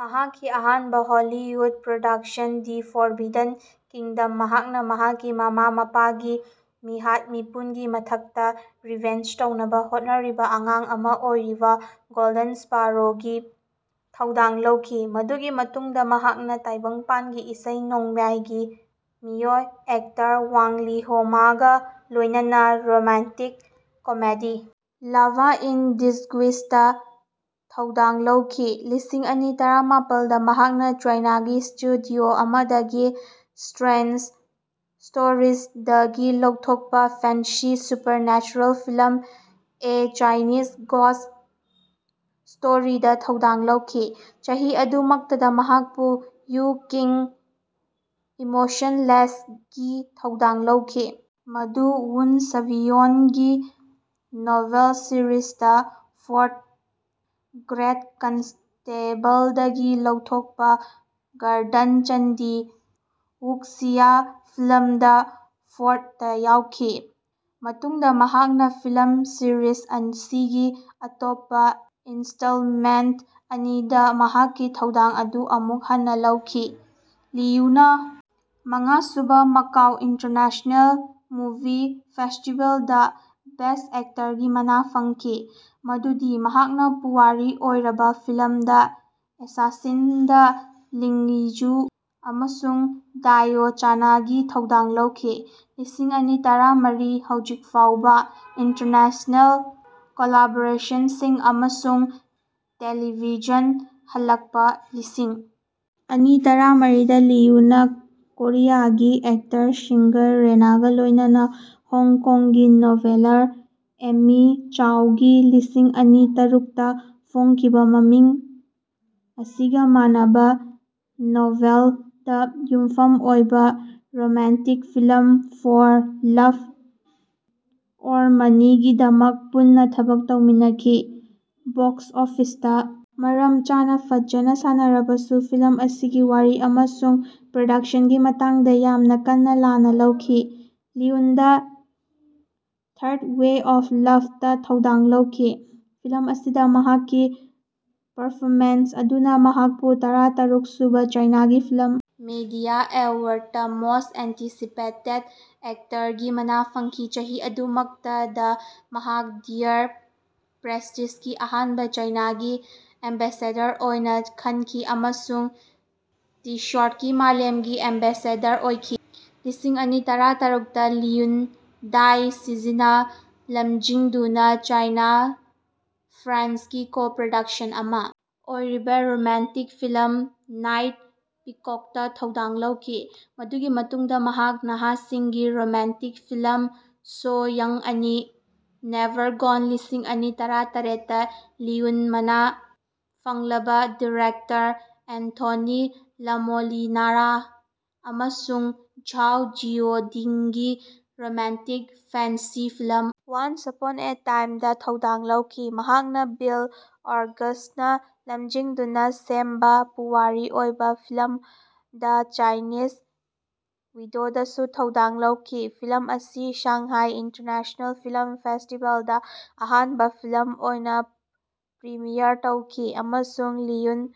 ꯃꯍꯥꯛꯀꯤ ꯑꯍꯥꯟꯕ Hollywood production, the forbidden kingdom. ꯃꯍꯥꯛꯅ ꯃꯍꯥꯛꯀꯤ ꯃꯃꯥ-ꯃꯄꯥꯒꯤ ꯃꯤꯍꯥꯠ-ꯃꯤꯄꯨꯟꯒꯤ ꯃꯊꯛꯇꯥ ꯔꯤꯚꯦꯟꯖ ꯇꯧꯅꯕ ꯍꯣꯠꯅꯔꯤꯕ ꯑꯉꯥꯡ ꯑꯃ ꯑꯣꯏꯔꯤꯕ ꯒꯣꯜꯗꯟ ꯁ꯭ꯄꯥꯔꯣꯒꯤ ꯊꯧꯗꯥꯡ ꯂꯧꯈꯤ꯫ ꯃꯗꯨꯒꯤ ꯃꯇꯨꯡꯗꯥ ꯃꯍꯥꯛꯅ ꯇꯥꯏꯕꯪꯄꯥꯟꯒꯤ ꯏꯁꯩ ꯅꯣꯡꯃꯥꯏꯒꯤ ꯃꯤꯑꯣꯏ-ꯑꯦꯛꯇꯔ ꯋꯥꯡ ꯂꯤꯍꯣꯃꯒꯥ ꯂꯣꯏꯅꯅ ꯔꯣꯃꯥꯟꯇꯤꯛ-ꯀꯃꯦꯗꯤ ꯂꯚ ꯏꯟ ꯗꯤꯁꯒꯨꯏꯁ ꯗꯥ ꯊꯧꯗꯥꯡ ꯂꯧꯈꯤ꯫ꯂꯤꯁꯤꯡ ꯑꯅꯤ ꯇꯔꯥꯃꯥꯄꯜꯗꯥ ꯃꯍꯥꯛꯅ ꯆꯥꯏꯅꯥꯒꯤ ꯁ꯭ꯇꯨꯗꯤꯑꯣ ꯑꯃꯗꯒꯤ ꯁ꯭ꯠꯔꯦꯟꯖ ꯁ꯭ꯇꯣꯔꯤꯖꯗꯒꯤ ꯂꯧꯊꯣꯛꯄ fantasy supernatural film a Chinese ghost ꯁ꯭ꯇꯣꯔꯤꯗꯥ ꯊꯧꯗꯥꯡ ꯂꯧꯈꯤ꯫ ꯆꯍꯤ ꯑꯗꯨꯃꯛꯇꯗꯥ ꯃꯍꯥꯛꯄꯨ ꯋꯨ ꯀꯤꯡ (ꯏꯃꯣꯁꯟꯂꯦꯁ) ꯒꯤ ꯊꯧꯗꯥꯡ ꯂꯧꯈꯤ, ꯃꯗꯨ ꯋꯨꯟ ꯁ꯭ꯕꯤ ꯑꯣꯟꯒꯤ novel series the four great ꯀꯟꯁꯇꯦꯕꯜꯗꯒꯤ ꯂꯧꯊꯣꯛꯄꯥ ꯒꯔꯗꯟ ꯆꯟꯒꯤ ꯋꯨꯛꯁꯤꯌꯥ ꯐꯤꯜꯝ ꯗ ꯐꯣꯔꯗꯥ ꯌꯥꯎꯈꯤ꯫ ꯃꯇꯨꯡꯗꯥ ꯃꯍꯥꯛꯅ ꯐꯤꯜꯝ ꯁꯤꯔꯤꯖ ꯑꯁꯤꯒꯤ ꯑꯇꯣꯞꯄ ꯏꯟ꯭ꯁꯇꯥꯜꯃꯦꯟꯠ ꯑꯅꯤꯗꯥ ꯃꯍꯥꯛꯀꯤ ꯊꯧꯗꯥꯡ ꯑꯗꯨ ꯑꯃꯨꯛ ꯍꯟꯅ ꯂꯧꯈꯤ꯫ ꯂꯤꯌꯨꯅ ꯃꯉꯥꯁꯨꯕ ꯃꯥꯀꯥꯎ ꯏꯟꯇꯔꯅꯦꯁ꯭ꯅꯦꯜ ꯃꯨꯚꯤ ꯐꯦꯁ꯭ꯇꯤꯕꯦꯜꯗꯥ ꯕꯦꯁ꯭ꯠ ꯑꯦꯛꯇꯔꯒꯤ ꯃꯅꯥ ꯐꯪꯈꯤ ꯃꯗꯨꯗꯤ ꯃꯍꯥꯛꯅ ꯄꯨꯋꯥꯔꯤ ꯑꯣꯏꯔꯕ ꯐꯤꯜꯝ ꯗ ꯑꯦꯁꯥꯁꯤꯟꯁ ꯗꯥ ꯂꯤꯡꯖꯨ ꯑꯃꯁꯨꯡ ꯗꯥꯏꯑꯣꯆꯥꯅꯒꯤ ꯊꯧꯗꯥꯡ ꯂꯧꯈꯤ꯫ ꯂꯤꯁꯤꯡ ꯑꯅꯤ ꯇꯔꯥꯃꯔꯤ ꯍꯧꯖꯤꯛ ꯐꯥꯎꯕ ꯏꯟꯇꯔꯅꯦꯁ꯭ꯅꯦꯜ ꯀꯣꯂꯥꯕꯣꯔꯦꯁꯟꯁꯤꯡ ꯑꯃꯁꯨꯡ ꯇꯦꯂꯤꯚꯤꯖꯟ ꯍꯟꯂꯛꯄ ꯂꯤꯁꯤꯡ ꯑꯅꯤ ꯇꯔꯥꯃꯔꯤꯗꯥ ꯂꯤꯌꯨꯅ ꯀꯣꯔꯤꯌꯥꯒꯤ ꯑꯦꯛꯇꯔ-ꯁꯤꯉ꯭ꯒꯔ ꯔꯦꯅꯒꯥ ꯂꯣꯏꯅꯅ ꯍꯣꯡꯀꯣꯡꯒꯤ ꯅꯣꯚꯦꯂꯔ ꯑꯦꯃꯤ ꯆꯦꯎꯪꯒꯤ ꯂꯤꯁꯤꯡ ꯑꯅꯤ ꯇꯔꯨꯛꯇꯥ ꯐꯣꯡꯈꯤꯕꯥ ꯃꯃꯤꯡ ꯑꯁꯤꯒꯥ ꯃꯥꯟꯅꯕ ꯅꯣꯚꯦꯜꯗꯥ ꯌꯨꯝꯐꯝ ꯑꯣꯏꯕ romantic film for love or money ꯒꯤꯗꯃꯛ ꯄꯨꯟꯅ ꯊꯕꯛ ꯇꯧꯃꯤꯟꯅꯈꯤ꯫ ꯕꯣꯛꯁ ꯑꯣꯐꯤꯁꯇꯥ ꯃꯔꯝ ꯆꯥꯅꯥ ꯐꯖꯅ ꯁꯥꯟꯅꯔꯕꯁꯨ ꯐꯤꯜꯝ ꯑꯁꯤꯒꯤ ꯋꯥꯔꯤ ꯑꯃꯁꯨꯡ ꯄ꯭ꯔꯣꯗꯛꯁꯟꯒꯤ ꯃꯇꯥꯡꯗꯥ ꯌꯥꯝꯅ ꯀꯟꯅ ꯂꯥꯟꯅ ꯂꯧꯈꯤ꯫ ꯂꯤꯌꯨꯅꯥ the third wave of love ꯗꯥ ꯊꯧꯗꯥꯡ ꯂꯧꯈꯤ꯫ ꯐꯤꯜꯝ ꯑꯁꯤꯗꯥ ꯃꯍꯥꯛꯀꯤ ꯄꯔꯐꯣꯃꯦꯟꯁ ꯑꯗꯨꯅꯥ ꯃꯍꯥꯛꯄꯨ ꯇꯔꯥꯇꯔꯨꯛ ꯁꯨꯕꯥ ꯆꯥꯏꯅꯥꯒꯤ ꯐꯤꯜꯝ ꯃꯤꯗꯤꯌꯥ ꯑꯦꯋꯥꯔꯗꯇꯥ ꯃꯣꯁ꯭ꯠ ꯑꯦꯟꯇꯤꯁꯤꯄꯦꯇꯦꯗ ꯑꯦꯛꯇꯔꯒꯤ ꯃꯅꯥ ꯐꯪꯈꯤ꯫ ꯆꯍꯤ ꯑꯗꯨꯃꯛꯇꯗꯥ ꯃꯍꯥꯛ ꯗꯤꯌꯔ ꯄ꯭ꯔꯦꯁ꯭ꯇꯤꯖꯒꯤ ꯑꯍꯥꯟꯕ ꯆꯥꯏꯅꯥꯒꯤ ꯑꯦꯝꯕꯦꯁꯦꯗꯔ ꯑꯣꯏꯅꯥ ꯈꯟꯈꯤ ꯑꯃꯁꯨꯡ ꯇꯤꯁꯣꯠꯀꯤ ꯃꯥꯂꯦꯝꯒꯤ ꯑꯦꯝꯕꯦꯁꯦꯗꯔ ꯑꯣꯏꯈꯤ꯫ ꯂꯤꯁꯤꯡ ꯑꯅꯤ ꯇꯔꯥꯇꯔꯨꯛꯇꯥ ꯂꯤꯌꯨꯅꯥ ꯗꯥꯏ ꯁꯤꯖꯤꯅꯥ ꯂꯝꯖꯤꯡꯗꯨꯅꯥ ꯆꯥꯏꯅꯥ -ꯐ꯭ꯔꯥꯟꯁꯀꯤ ꯀꯣ-ꯄ꯭ꯔꯗꯛꯁꯟ ꯑꯃꯥ ꯑꯣꯏꯔꯤꯕ ꯔꯣꯃꯥꯟꯇꯤꯛ ꯐꯤꯜꯝ ꯅꯥꯏꯠ ꯄꯤꯀꯣꯛꯇꯥ ꯊꯧꯗꯥꯡ ꯂꯧꯈꯤ꯫ ꯃꯗꯨꯒꯤ ꯃꯇꯨꯡꯗꯥ ꯃꯍꯥꯛ ꯅꯍꯥꯁꯤꯡꯒꯤ ꯔꯣꯃꯥꯟꯇꯤꯛ ꯐꯤꯜꯝ ꯁꯣ ꯌꯪ ꯑꯅꯤ: ꯅꯦꯚꯥꯔ ꯒꯣꯟ꯫ ꯂꯤꯁꯤꯡ ꯑꯅꯤ ꯇꯔꯥꯇꯔꯦꯠꯇꯥ ꯂꯤꯌꯨꯅꯥ ꯃꯅꯥ ꯐꯪꯂꯕ ꯗꯤꯔꯦꯛꯇꯔ ꯑꯦꯟꯊꯣꯅꯤ ꯂꯥꯃꯣꯂꯤꯅꯥꯔꯥ ꯑꯃꯁꯨꯡ ꯓꯥꯑꯣ ꯖꯤꯑꯣꯗꯤꯡꯒꯤ romantic fantasy film once upon a ꯇꯥꯏꯝꯗꯥ ꯊꯧꯗꯥꯡ ꯂꯧꯈꯤ꯫ ꯃꯍꯥꯛꯅ ꯕꯤꯜ ꯑꯣꯒꯁ꯭ꯇꯅꯥ ꯂꯝꯖꯤꯡꯗꯨꯅꯥ ꯁꯦꯝꯕꯥ ꯄꯨꯋꯥꯔꯤ ꯑꯣꯏꯔꯕ ꯐꯤꯜꯝ ꯗ ꯆꯥꯏꯅꯤꯖ ꯋꯤꯗꯣꯗꯥꯁꯨ ꯊꯧꯗꯥꯡ ꯂꯧꯈꯤ꯫ ꯐꯤꯜꯝ ꯑꯁꯤ ꯁꯥꯡꯍꯥꯏ ꯏꯟꯇꯔꯅꯦꯁ꯭ꯅꯦꯜ ꯐꯤꯜꯝ ꯐꯦꯁ꯭ꯇꯤꯕꯦꯜꯗꯥ ꯑꯍꯥꯟꯕ ꯐꯤꯜꯝ ꯑꯣꯏꯅꯥ ꯄ꯭ꯔꯤꯃꯤꯌꯔ ꯇꯧꯈꯤ, ꯑꯃꯁꯨꯡ ꯂꯤꯌꯨꯅꯥ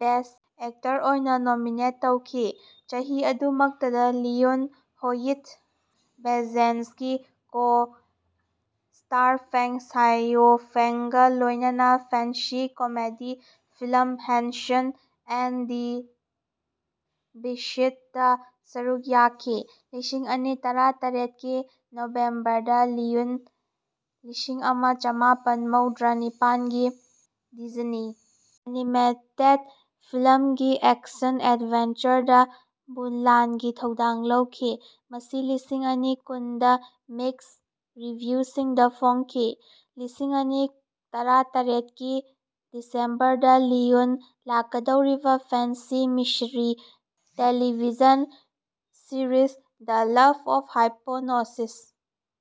ꯕꯦꯁ꯭ꯠ ꯑꯦꯛꯇꯔ ꯑꯣꯏꯅꯥ ꯅꯣꯃꯤꯅꯦꯠ ꯇꯧꯈꯤ꯫ ꯆꯍꯤ ꯑꯗꯨꯃꯛꯇꯗꯥ ꯂꯤꯌꯨꯅꯥ ꯍꯣꯌꯤꯠ ꯚꯦꯟꯖꯦꯟꯁꯀꯤ ꯀꯣ-ꯁ꯭ꯇꯥꯔ ꯐꯦꯡ ꯁꯥꯑꯣꯐꯦꯡꯒꯥ ꯂꯣꯏꯅꯅꯥ fantasy comedy film Hanson and the ꯕꯤꯁ꯭ꯠꯗ ꯁꯔꯨꯛ ꯌꯥꯈꯤ꯫ ꯂꯤꯁꯤꯡ ꯑꯅꯤ ꯇꯔꯥꯇꯔꯦꯠꯀꯤ ꯅꯣꯚꯦꯝꯕꯔꯗꯥ ꯂꯤꯌꯨꯅꯥ ꯂꯤꯁꯤꯡ ꯑꯃ ꯆꯥꯃꯥꯄꯜ ꯃꯧꯗꯔꯥ ꯅꯤꯄꯥꯟꯒꯤ ꯗꯤꯖꯅꯤ ꯑꯦꯅꯤꯃꯦꯇꯦꯗ ꯐꯤꯜꯝꯒꯤ ꯑꯦꯛꯁꯟ ꯑꯦꯗꯕꯦꯟꯆꯔꯗꯥ ꯃꯨꯂꯥꯟꯒꯤ ꯊꯧꯗꯥꯡ ꯂꯧꯈꯤ, ꯃꯁꯤ ꯂꯤꯁꯤꯡ ꯑꯅꯤ ꯀꯨꯟꯗꯥ ꯃꯤꯛꯁ ꯔꯤꯚꯤꯌꯨꯁꯤꯡꯗꯥ ꯐꯣꯡꯈꯤ꯫ ꯂꯤꯁꯤꯡ ꯑꯅꯤ ꯇꯔꯥꯇꯔꯦꯠꯀꯤ ꯗꯤꯁꯦꯝꯕꯔꯗꯥ ꯂꯤꯌꯨꯅꯥ ꯂꯥꯛꯀꯗꯧꯔꯤꯕꯥ fantasy mystery television series, the love of hypnosis.